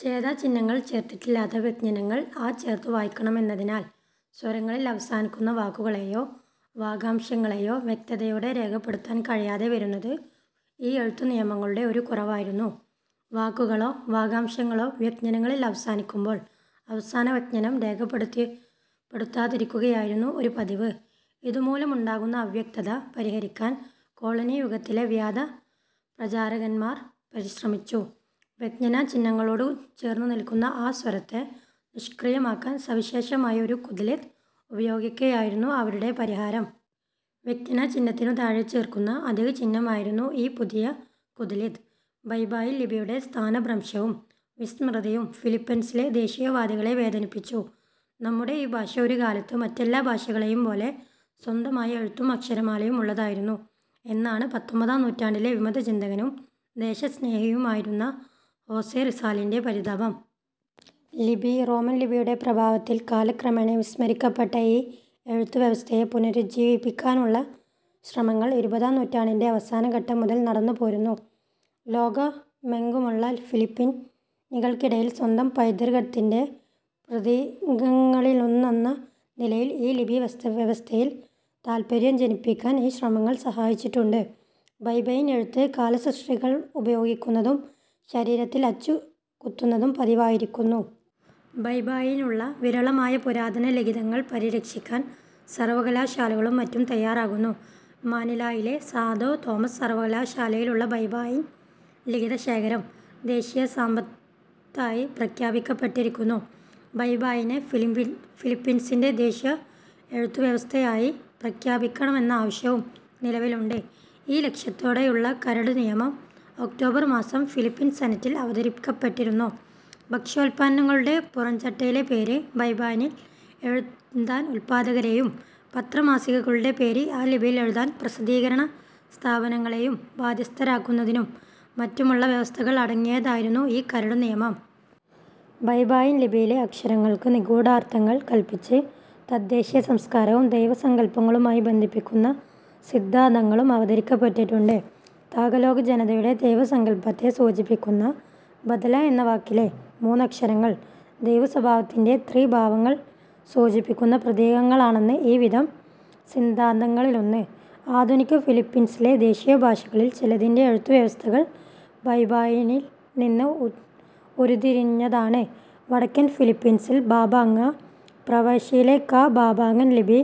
ഛേദചിഹ്നങ്ങൾ ചേർത്തിട്ടില്ലാത്ത വ്യഞ്ജനങ്ങൾ 'അ' ചേർത്തു വായിക്കണമെന്നതിനാൽ, സ്വരങ്ങളിൽ അവസാനിക്കുന്ന വാക്കുകളെയോ, വാഗംശങ്ങളെയോ വ്യക്തതയോടെ രേഖപ്പെടുത്താൻ കഴിയാതെ വരുന്നത് ഈ എഴുത്തുനിയമങ്ങളുടെ ഒരു കുറവായിരുന്നു. വാക്കുകളോ വാഗംശങ്ങളോ വ്യഞ്ജനങ്ങളിൽ അവസാനിക്കുമ്പോൾ, അവസാനവ്യഞ്ജനം രേഖപ്പെടുത്താതിരിക്കുകയായിരുന്നു ഒരു പതിവ്. ഇതുമൂലമുണ്ടാകുന്ന അവ്യക്തത പരിഹരിക്കാൻ കോളനിയുഗത്തിലെ വേദപ്രചാരകന്മാർ പരിശ്രമിച്ചു. വ്യഞ്ജനചിഹ്നങ്ങളോടു ചേർന്നുനിൽക്കുന്ന 'അ' സ്വരത്തെ നിഷ്ക്രിയമാക്കാൻ സവിശേഷമായ ഒരു 'കുദ്ലിത്' ഉപയോഗിക്കുകയായിരുന്നു അവരുടെ പരിഹാരം. വ്യഞ്ജനചിഹ്നത്തിനു താഴെ ചേർക്കുന്ന അധികഛിഹ്നം ആയിരുന്നു ഈ പുതിയ 'കുദ്ലിത്'. ബയ്ബായിൽ ലിപിയുടെ സ്ഥാനഭ്രംശവും വിസ്മൃതിയും ഫിലിപ്പീൻസിലെ ദേശീയവാദികളെ വേദനിപ്പിച്ചു. "നമ്മുടെ ഈ ഭാഷ ഒരുകാലത്ത് മറ്റെല്ലാ ഭാഷകളേയും പോലെ സ്വന്തമായ എഴുത്തും അക്ഷരമാലയും ഉള്ളതായിരുന്നു" എന്നാണ് പത്തൊൻപതാം നൂറ്റാണ്ടിലെ വിമതചിന്തകനും ദേശസ്നേഹിയുമായിരുന്ന ഹോസെ റിസാലിന്റെ പരിതാപം. ലിപി റോമൻലിപിയുടെ പ്രഭാവത്തിൽ കാലക്രമേണ വിസ്മരിക്കപ്പെട്ട ഈ എഴുത്തുവ്യവസ്ഥയെ പുനരുജ്ജീവിപ്പിക്കാനുള്ള ശ്രമങ്ങൾ ഇരുപതാം നൂറ്റാണ്ടിന്റെ അവസാനഘട്ടം മുതൽ നടന്നുപോരുന്നു. ലോകമ്പെങ്ങുമുള്ള ഫിലിപ്പീനികൾക്കിടയിൽ, സ്വന്തം പൈതൃകത്തിന്റെ പ്രതീകങ്ങളിലൊന്നെന്ന നിലയിൽ ഈ ലിപിവ്യവസ്ഥയിൽ താത്പര്യം ജനിപ്പിക്കാൻ ഈ ശ്രമങ്ങൾ സഹായിച്ചിട്ടുണ്ട്. ബയ്ബായിൻ എഴുത്ത് കലാസൃഷ്ടികളിൽ ഉപയോഗിക്കുന്നതും ശരീരത്തിൽ അച്ചുകുത്തുന്നതും പതിവായിരിക്കുന്നു. ബയ്ബായിനുള്ള വിരളമായ പുരാതനലിഖിതങ്ങൾ പരിരക്ഷിക്കാൻ സർവകലാശാലകളും മറ്റും തയ്യാറാകുന്നു. മനിലായിലെ സാന്തോ തോമാസ് സർവകലാശാലയിലുള്ള ബയ്ബായിൻ ലിഖിതശേഖരം ദേശീയസമ്പത്തായി പ്രഖ്യാപിക്കപ്പെട്ടിരിക്കുന്നു. ബയ്ബായിനെ ഫിലിപ്പീൻസിന്റെ ദേശീയ എഴുത്തുവ്യവസ്ഥയായി പ്രഖ്യാപിക്കണമെന്ന ആവശ്യവും നിലവിലുണ്ട്. ഈ ലക്ഷ്യത്തോടെയുള്ള കരടുനിയമം ഒക്ടോബർ മാസം ഫിലിപ്പീൻ സെനറ്റിൽ അവതരിപ്പിക്കപ്പെട്ടിരുന്നു. ഭക്ഷ്യോല്പന്നങ്ങളുടെ പുറംചട്ടയിലെ പേര് ബയ്ബായിനിൽ എഴുതാൻ ഉല്പാദകരേയും, പത്രമാസികകളുടെ പേര് ആ ലിപിയിൽ എഴുതാൻ പ്രസിദ്ധീകരണസ്ഥാപനങ്ങളേയും ബാദ്ധ്യസ്ഥരാക്കുന്നതിനും മറ്റുമുള്ള വ്യവസ്ഥകൾ അടങ്ങിയതായിരുന്നു ഈ കരടുനിയമം. ബയ്ബായിൻ ലിപിയിലെ അക്ഷരങ്ങൾക്ക് നിഗൂഢാർത്ഥങ്ങൾ കല്പിച്ച് തദ്ദേശീയസംസ്കാരവും ദൈവസങ്കല്പങ്ങളുമായി ബന്ധിപ്പിക്കുന്ന സിദ്ധാന്തങ്ങളും അവതരിപ്പിക്കപ്പെട്ടിട്ടുണ്ട്. താഗലോഗ് ജനതയുടെ ദൈവസങ്കല്പത്തെ സൂചിപ്പിക്കുന്ന 'ബതാല' എന്ന വാക്കിലെ മൂന്നക്ഷരങ്ങൾ, ദൈവസ്വഭാവത്തിന്റെ ത്രിഭാവങ്ങൾ സൂചിപ്പിക്കുന്ന പ്രതീകങ്ങളാണെന്നാണ് ഈവിധം സിദ്ധാന്തങ്ങളിലൊന്ന്. ആധുനിക ഫിലിപ്പീൻസിലെ ദേശീയഭാഷകളിൽ ചിലതിന്റെ എഴുത്തുവ്യവസ്ഥകൾ ബയ്ബായിനിൽ നിന്ന് ഉരുത്തിരിഞ്ഞതാണ്. വടക്കൻ ഫിലിപ്പീൻസിൽ പമ്പാംഗാ പ്രവിശ്യയിലെ കാ-പമ്പാംഗൻ ലിപി,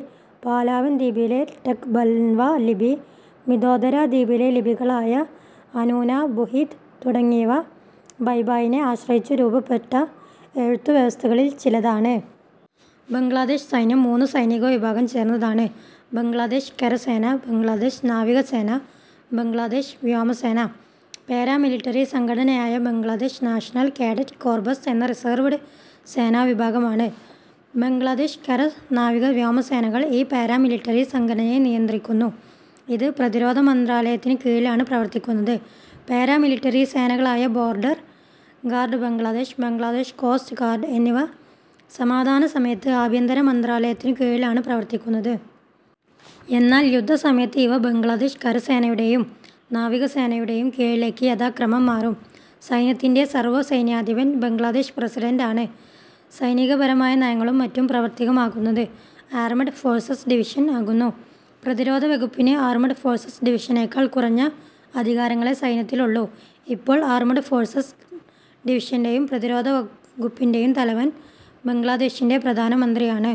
പലാവാൻ ദ്വീപിലെ ടാഗ്ബൻവാ ലിപി, മിന്ദോരോ ദ്വീപിലെ ലിപികളായ ഹനുനോ, ബുഹിദ് തുടങ്ങിയവ ബയ്ബായിനെ ആശ്രയിച്ചു രൂപപ്പെട്ട എഴുത്തുവ്യവസ്ഥകളിൽ ചിലതാണ്. ബംഗ്ലാദേശ് സൈന്യം മൂന്നു സൈനികവിഭാഗം ചേർന്നതാണ്: ബംഗ്ലാദേശ് കരസേന, ബംഗ്ലാദേശ് നാവികസേന, ബംഗ്ലാദേശ് വ്യോമസേന. പാരാമിലിട്ടറി സംഘടനയായ ബംഗ്ലാദേശ് നാഷണൽ കേഡറ്റ് കോർപ്സ് ഒരു റിസർവ്ഡ് സേനാവിഭാഗമാണ്. ബംഗ്ലാദേശ് കര-നാവിക-വ്യോമസേനകൾ ഈ പാരാ മിലിട്ടറി സംഘടനയെ നിയന്ത്രിക്കുന്നു. ഇത് പ്രതിരോധ മന്ത്രാലയത്തിനു കീഴിലാണ് പ്രവർത്തിക്കുന്നത്. പാരാമിലിട്ടറി സേനകളായ border guard Bangladesh, Bangladesh coast guard എന്നിവ സമാധാനസമയത്ത് ആഭ്യന്തരമന്ത്രാലയത്തിനു കീഴിലാണു പ്രവർത്തിക്കുന്നത്. എന്നാൽ യുദ്ധസമയത്ത് ഇവ ബംഗ്ലാദേശ് കരസേനയുടെയും നാവികസേനയുടെയും കീഴിലേയ്ക്കു യഥാക്രമം മാറും. സൈന്യത്തിന്റെ സർവ്വസൈന്യാധിപൻ ബംഗ്ലാദേശ് പ്രസിഡന്റ് ആണ്. സൈനികപരമായ നയങ്ങളും മറ്റും പ്രാവർത്തികമാക്കുന്നത്, ആർമ്ഡ് ഫോഴ്സസ് ഡിവിഷൻ ആകുന്നു. പ്രതിരോധവകുപ്പിനു ആർമ്ഡ് ഫോഴ്സസ് ഡിവിഷനേക്കാൾ കുറഞ്ഞ അധികാരങ്ങളേ സൈന്യത്തിലുള്ളു. ഇപ്പോൾ, ആർമ്ഡ് ഫോഴ്സസ് ഡിവിഷന്റെയും പ്രതിരോധവകുപ്പിന്റെയും തലവൻ ബംഗ്ലാദേശിന്റെ പ്രധാനമന്ത്രിയാണ്.